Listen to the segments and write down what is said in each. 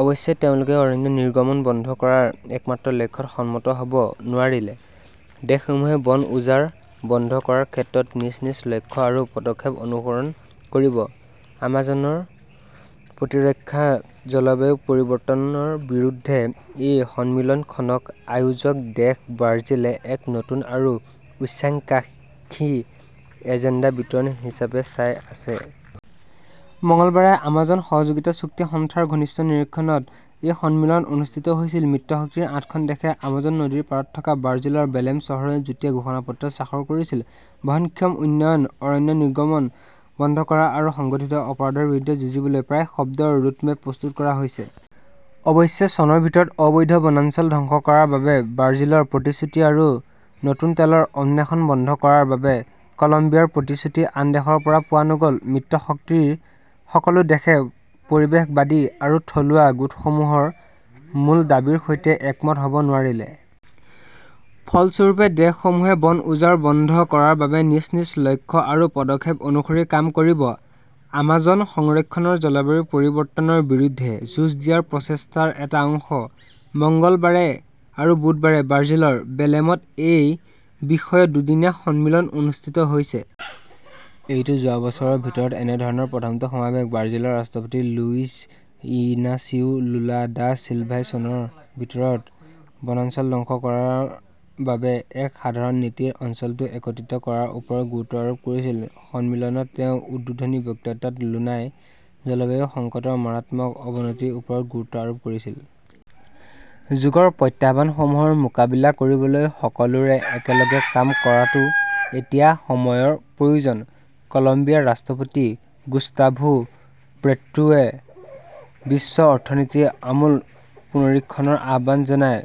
অৱশ্যে তেওঁলোকে অৰণ্য নিৰ্গমন বন্ধ কৰাৰ একমাত্ৰ লক্ষ্যত সন্মত হ'ব নোৱাৰিলে। দেশসমূহে বন উজাৰ বন্ধ কৰাৰ ক্ষেত্ৰত নিজ নিজ লক্ষ্য আৰু পদক্ষেপ অনুসৰণ কৰিব। আমাজনৰ প্ৰতিৰক্ষাত জলবায়ু পৰিৱৰ্তনৰ বিৰুদ্ধে এই সন্মিলনখনক আয়োজক দেশ বাৰ্জিলে এক নতুন আৰু উচেংকাক্ষী এজেণ্ডা বিতৰণ হিচাপে চাই আছে। মঙলবাৰে আমাজন সহযোগিতা চুক্তি সংস্থা ৰ ঘনিষ্ঠ নিৰীক্ষণত এই সন্মিলন অনুষ্ঠিত হৈছিল। মিত্ৰশক্তিৰ আঠখন দেশে আমাজন নদীৰ পাৰত থকা বাৰ্জিলৰ বেলেম চহৰত যুটীয়া ঘোষণাপত্ৰত স্বাক্ষৰ কৰিছিল। বহনক্ষম উন্নয়ন, অৰণ্য নিৰ্গমন বন্ধ কৰা আৰু সংগঠিত অপৰাধৰ বিৰুদ্ধে যুঁজিবলৈ প্ৰায় শব্দৰ ৰোডমেপ প্ৰস্তুত কৰা হৈছে। অৱশ্যে, চনৰ ভিতৰত অবৈধ বনাঞ্চল ধ্বংস বন্ধ কৰাৰ বাবে বাৰ্জিলৰ প্ৰতিশ্ৰুতি আৰু নতুন তেলৰ অন্বেষণ বন্ধ কৰাৰ বাবে কলম্বিয়াৰ প্ৰতিশ্ৰুতি আন দেশৰ পৰা পোৱা নগ'ল। মিত্ৰশক্তিৰ সকলো দেশে পৰিৱেশবাদী আৰু থলুৱা গোটসমূহৰ মূল দাবীৰ সৈতে একমত হ'ব নোৱাৰিলে। ফলস্বৰূপে, দেশসমূহে বন উজাৰ বন্ধ কৰাৰ বাবে নিজ নিজ লক্ষ্য আৰু পদক্ষেপ অনুসৰি কাম কৰিব। আমাজন সংৰক্ষণৰ জলবায়ু পৰিৱৰ্তনৰ বিৰুদ্ধে যুঁজ দিয়াৰ প্ৰচেষ্টাৰ এটা অংশ। মঙলবাৰে আৰু বুধবাৰে বাৰ্জিলৰ বেলেমত এই বিষয়ত দুদিনীয়া সন্মিলন অনুষ্ঠিত হৈছে। এইটো যোৱা বছৰৰ ভিতৰত এনে ধৰণৰ প্ৰথমটো সমাৱেশ। বাৰ্জিলৰ ৰাষ্ট্ৰপতি লুইজ ইনাচিও লুলা দা চিলভাই চনৰ ভিতৰত বনাঞ্চল ধ্বংস কৰাৰ বাবে এক সাধাৰণ নীতিৰ অঞ্চলটো একত্ৰিত কৰাৰ ওপৰত গুৰুত্ব আৰোপ কৰিছিল। সন্মিলনত তেওঁৰ উদ্বোধনী বক্তৃতাত লুনাই 'জলবায়ু সংকটৰ মাৰাত্মক অৱনতিৰ ওপৰত গুৰুত্ব আৰোপ কৰিছিল। যুগৰ প্ৰত্যাহ্বানসমূহৰ মোকাবিলা কৰিবলৈ সকলোৱে একেলগে কাম কৰাটো এতিয়া সময়ৰ প্ৰয়োজন। কলম্বিয়াৰ ৰাষ্ট্ৰপতি গুস্তাভো পেট্ৰোৱে বিশ্ব অৰ্থনীতিৰ আমূল পুনৰীক্ষণৰ আহ্বান জনাই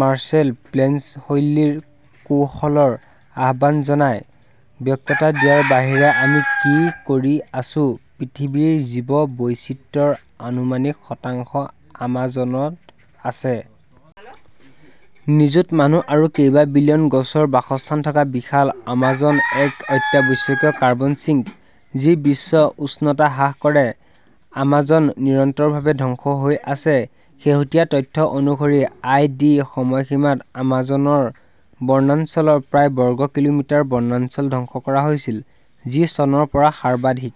'মাৰ্শ্বেল প্লেন শৈলীৰ কৌশলৰ আহ্বান জনায়। বক্তৃতা দিয়াৰ বাহিৰে আমি কি কৰি আছো? পৃথিৱীৰ জিৱ বৈচিত্ৰ্যৰ আনুমানিক শতাংশ আমাজনত আছে। নিযুত মানুহ আৰু কেইবা বিলিয়ন গছৰ বাসস্থান থকা বিশাল আমাজন এক অত্যাৱশ্যকীয় কাৰ্বন ছিঙ্ক, যি বিশ্ব উষ্ণতা হ্ৰাস কৰে। আমাজন নিৰন্তৰভাৱে ধ্বংস হৈ আছে। শেহতীয়া তথ্য অনুসৰি, আই. ডি. সময়সীমাত আমাজনৰ বনাঞ্চলৰ প্ৰায় বৰ্গ কিলোমিটাৰ বনাঞ্চল ধ্বংস কৰা হৈছিল, যি চনৰ পৰা সাৰ্বাধিক।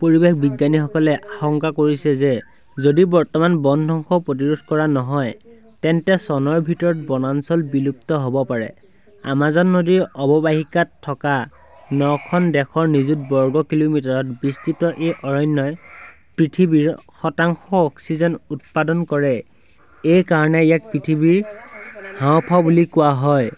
পৰিৱেশ বিজ্ঞানীসকলে আশংকা কৰিছে যে যদি বৰ্তমান বন ধ্বংস প্ৰতিৰোধ কৰা নহয়, তেন্তে চনৰ ভিতৰত বনাঞ্চল বিলুপ্ত হ 'ব পাৰে। আমাজন নদীৰ অৱবাহিকাত থকা নখন দেশৰ নিযুত বৰ্গ কিলোমিটাৰত বিস্তৃত এই অৰণ্যই পৃথিৱীৰ শতাংশ অক্সিজেন উৎপাদন কৰে। এই কাৰণেই ইয়াক পৃথিৱীৰ হাঁওফাঁও বুলি কোৱা হয়।